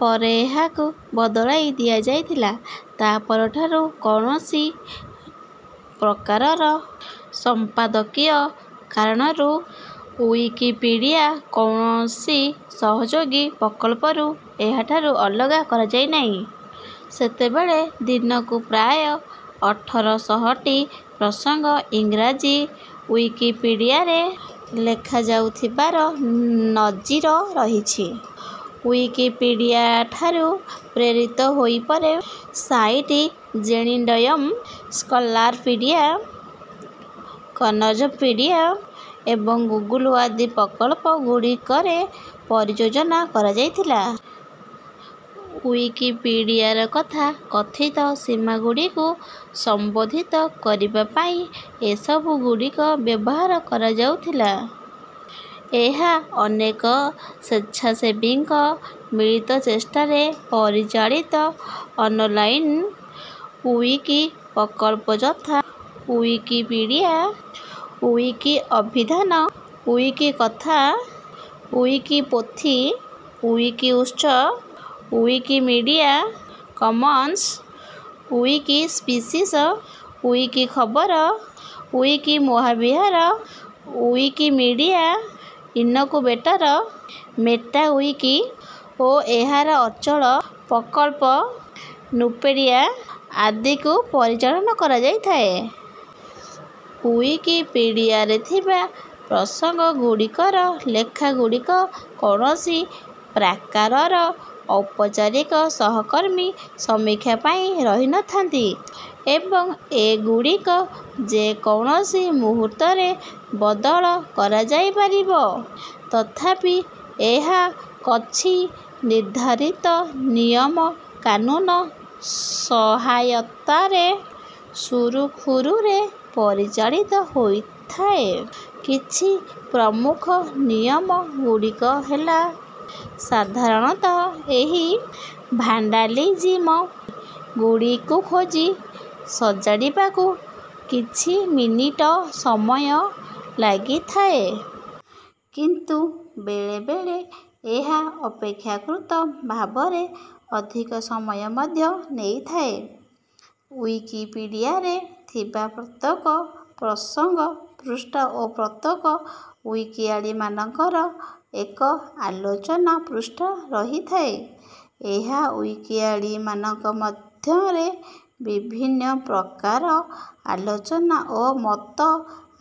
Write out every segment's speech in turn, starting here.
ପରେ ଏହାକୁ ବଦଳାଇ ଦିଆଯାଇଥିଲା। ତା ପରଠାରୁ କୌଣସି ପ୍ରକାରର ସମ୍ପାଦକୀୟ କାରଣରୁ ଉଇକିପିଡ଼ିଆ କୌଣସି ସହଯୋଗୀ ପ୍ରକଳ୍ପକୁ ଏହାଠାରୁ ଅଲଗା କରାଯାଇନାହିଁ। ସେତେବେଳେ ଦିନକୁ ପ୍ରାୟ ଅଠର ଶହ ଟି ପ୍ରସଙ୍ଗ ଇଂରାଜୀ ଉଇକିପିଡ଼ିଆରେ ଲେଖାଯାଉଥିବାର ନଜିର ରହିଛି। ଉଇକିପିଡ଼ିଆଠାରୁ ପ୍ରେରିତ ହୋଇ ପରେ ସାଇଟିଜେଣ୍ଡ଼ିୟମ ସ୍କଲାରପିଡ଼ିଆ କନଜର୍ଭପିଡ଼ିଆ ଏବଂ ଗୁଗୁଲ ଆଦି ପ୍ରକଳ୍ପ ଗୁଡ଼ିକରେ ପରିଯୋଜନା କରାଯାଇଥିଲା।. ଉଇକିପିଡ଼ିଆର କଥା କଥିତ ସୀମା ଗୁଡ଼ିକୁ ସମ୍ବୋଧିତ କରିବା ପାଇଁ ଏସବୁ ଗୁଡ଼ିକ ବ୍ୟବହାର କାରାଯାଉଥିଲା। ଏହା ଅନେକ ସ୍ୱେଚ୍ଛାସେବୀଙ୍କ ମିଳିତ ଚେଷ୍ଟାରେ ପରିଚାଳିତ ଅନଲାଇନ ଉଇକି ପ୍ରକଳ୍ପ ଯଥା ଉଇକିପିଡ଼ିଆ ଉଇକିଅଭିଧାନ ଉଇକିକଥା ଉଇକିପୋଥି ଉଇକିଉତ୍ସ ଉଇକିମିଡ଼ିଆ କମନ୍ସ ଉଇକିସ୍ପିସିସ ଉଇକିଖବର ଉଇକିମହାବିହାର ଉଇକିମିଡ଼ିଆ ଇନକୁବେଟର ମେଟା ଉଇକି ଓ ଏହାର ଅଚଳ ପ୍ରକଳ୍ପ ନୁପେଡ଼ିଆ ଆଦିକୁ ପରିଚାଳନ କରାଜାଇଥାଏ। ଉଇକିପିଡ଼ିଆରେ ଥିବା ପ୍ରସଙ୍ଗ ଗୁଡ଼ିକର ଲେଖା ଗୁଡ଼ିକ କୌଣସି ପ୍ରାକାରର ଔପଚାରିକ ସହକର୍ମୀ ସମୀକ୍ଷା ପାଇଁ ରହି ନଥାନ୍ତି ଏବଂ ଏଗୁଡ଼ିକ ଯେକୌଣସି ମୁହୂର୍ତ୍ତରେ ବଦଳ କରାଯାଇପାରିବ। ତଥାପି ଏହା କଛି ନିର୍ଦ୍ଧାରିତ ନିୟମ କାନୁନ ସହାୟତାରେ ସୁରୁଖୁରୁରେ ପରିଚାଳିତ ହୋଇଥାଏ। କିଛି ପ୍ରମୁଖ ନିୟମ ଗୁଡ଼ିକ ହେଲା ସାଧାରଣତଃ ଏହି ଭାଣ୍ଡାଲିଜିମ ଗୁଡିକୁ ଖୋଜି ସଜାଡିବାକୁ କିଛି ମିନିଟ ସମୟ ଲାଗିଥାଏ। କିନ୍ତୁ ବେଳେବେଳେ ଏହା ଅପେକ୍ଷାକୃତ ଭାବରେ ଅଧିକ ସମୟ ମଧ୍ୟ ନେଇଥାଏ। ଉଇକିପିଡ଼ିଆରେ ଥିବା ପ୍ରତ୍ଯକ ପ୍ରସଙ୍ଗ ପୃଷ୍ଠା ଓ ପ୍ରତ୍ଯକ ଉଇକିଆଳି ମାନଙ୍କର ଏକ ଆଲୋଚନା ପୃଷ୍ଠା ରହିଥାଏ। ଏହା ଉଇକିଆଳି ମାନଙ୍କ ମଧ୍ୟରେ ବିଭିନ୍ନ ପ୍ରକାର ଆଲୋଚନା ଓ ମତ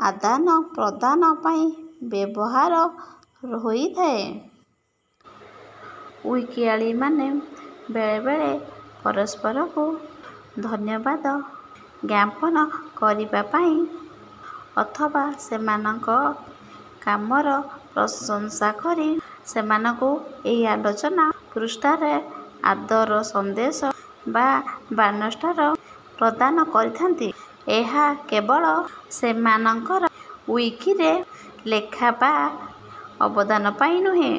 ଆଦାନପ୍ରଦାନ ପାଇଁ ବ୍ଯବହାର ହୋଇଥାଏ। ଉଇକିଆଳିମାନେ ବେଳେବେଳେ ପରସ୍ପରକୁ ଧନ୍ୟବାଦ ଜ୍ଞାପନ କରିବା ପାଇଁ ଅଥବା ସେମାନଙ୍କ କାମର ପ୍ରଶଂସା କରି ସେମାନଙ୍କୁ ଏହି ଆଲୋଚନା ପୃଷ୍ଠାରେ ଆଦର ସନ୍ଦେଶ ବା ବାର୍ଣ୍ଣଷ୍ଟାର ପ୍ରଦାନ କରିଥାନ୍ତି। ଏହା କେବଳ ସେମାନଙ୍କର ଉଇକିରେ ଲେଖା ବା ଅବଦାନ ପାଇଁ ନୁହେଁ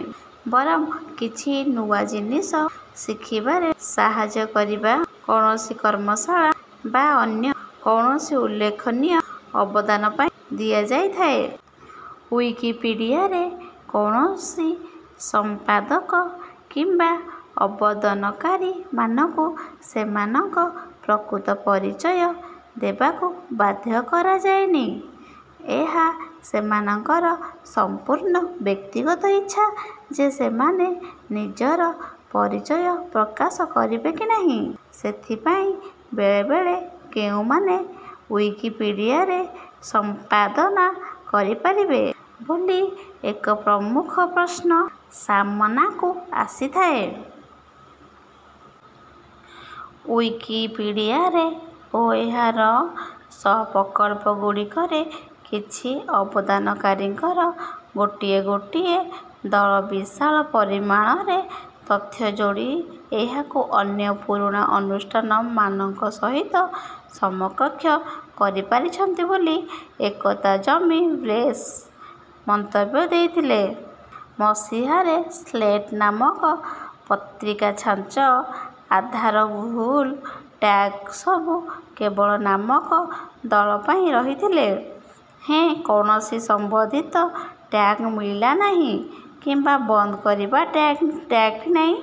ବରଂ କିଛି ନୂଆ ଜିନିଷ ଶିଖିବାରେ ସାହାଜ୍ଯ କରିବା କୌଣସି କର୍ମଶାଳା ବା ଅନ୍ୟ କୌଣସି ଉଲ୍ଲେଖନୀୟ ଅବଦାନ ପାଇଁ ଦିଆଯାଇଥାଏ। ଉଇକିପିଡ଼ିଆରେ କୌଣସି ସମ୍ପାଦକ କିମ୍ବା ଅବଦନକାରୀ ମାନଙ୍କୁ ସେମାନଙ୍କ ପ୍ରକୃତ ପରିଚୟ ଦେବାକୁ ବାଧ୍ୟ କରାଯାଏନି। ଏହା ସେମାନଙ୍କର ସଂପୂର୍ଣ୍ଣ ବ୍ୟକ୍ତିଗତ ଇଚ୍ଛା ଯେ ସେମାନେ ନିଜର ପରିଚୟ ପ୍ରକାଶ କରିବେ କି ନାହିଁ। ସେଥିପାଇଁ ବେଳେବେଳେ କେଉଁ ମାନେ ଉଇକିପିଡ଼ିଆରେ ସମ୍ପାଦନା କରିପାରିବେ? ବୋଲି ଏକ ପ୍ରମୁଖ ପ୍ରଶ୍ନ ସାମନାକୁ ଆସିଥାଏ। ଉଇକିପିଡ଼ିଆରେ ଓ ଏହାର ସହ ପ୍ରକଳ୍ପ ଗୁଡିକରେ କିଛି ଅବଦାନକାରୀଙ୍କର ଗୋଟିଏ ଗୋଟିଏ ଦଳ ବିଶାଳ ପରିମାଣରେ ତଥ୍ୟ ଯୋଡି ଏହାକୁ ଅନ୍ୟ ପୁରୁଣା ଅନୁଷ୍ଠାନ ମାନଙ୍କ ସହିତ ସମକକ୍ଷ କରିପାରିଛନ୍ତି ବୋଲି ଏକଦା ଜମି ୱେଲ୍ସ ମନ୍ତବ୍ୟ ଦେଇଥିଲେ। ମସିହାରେ ସ୍ଳେଟ ନାମକ ପତ୍ରିକା ଛାଞ୍ଚ ଆଧାର ଭୁଲ ଟ୍ୟାଗସବୁ କେବଳ ନାମକ ଦଳ ପାଇଁ ରହିଥିଲେ ହେଁ କୌଣସି ସମ୍ବନ୍ଧିତ ଟ୍ୟାଗ ମିଳିଲା ନାହିଁ କିମ୍ବା ବନ୍ଦ କରିବା ଟ୍ୟାଗଟି ନାହିଁ।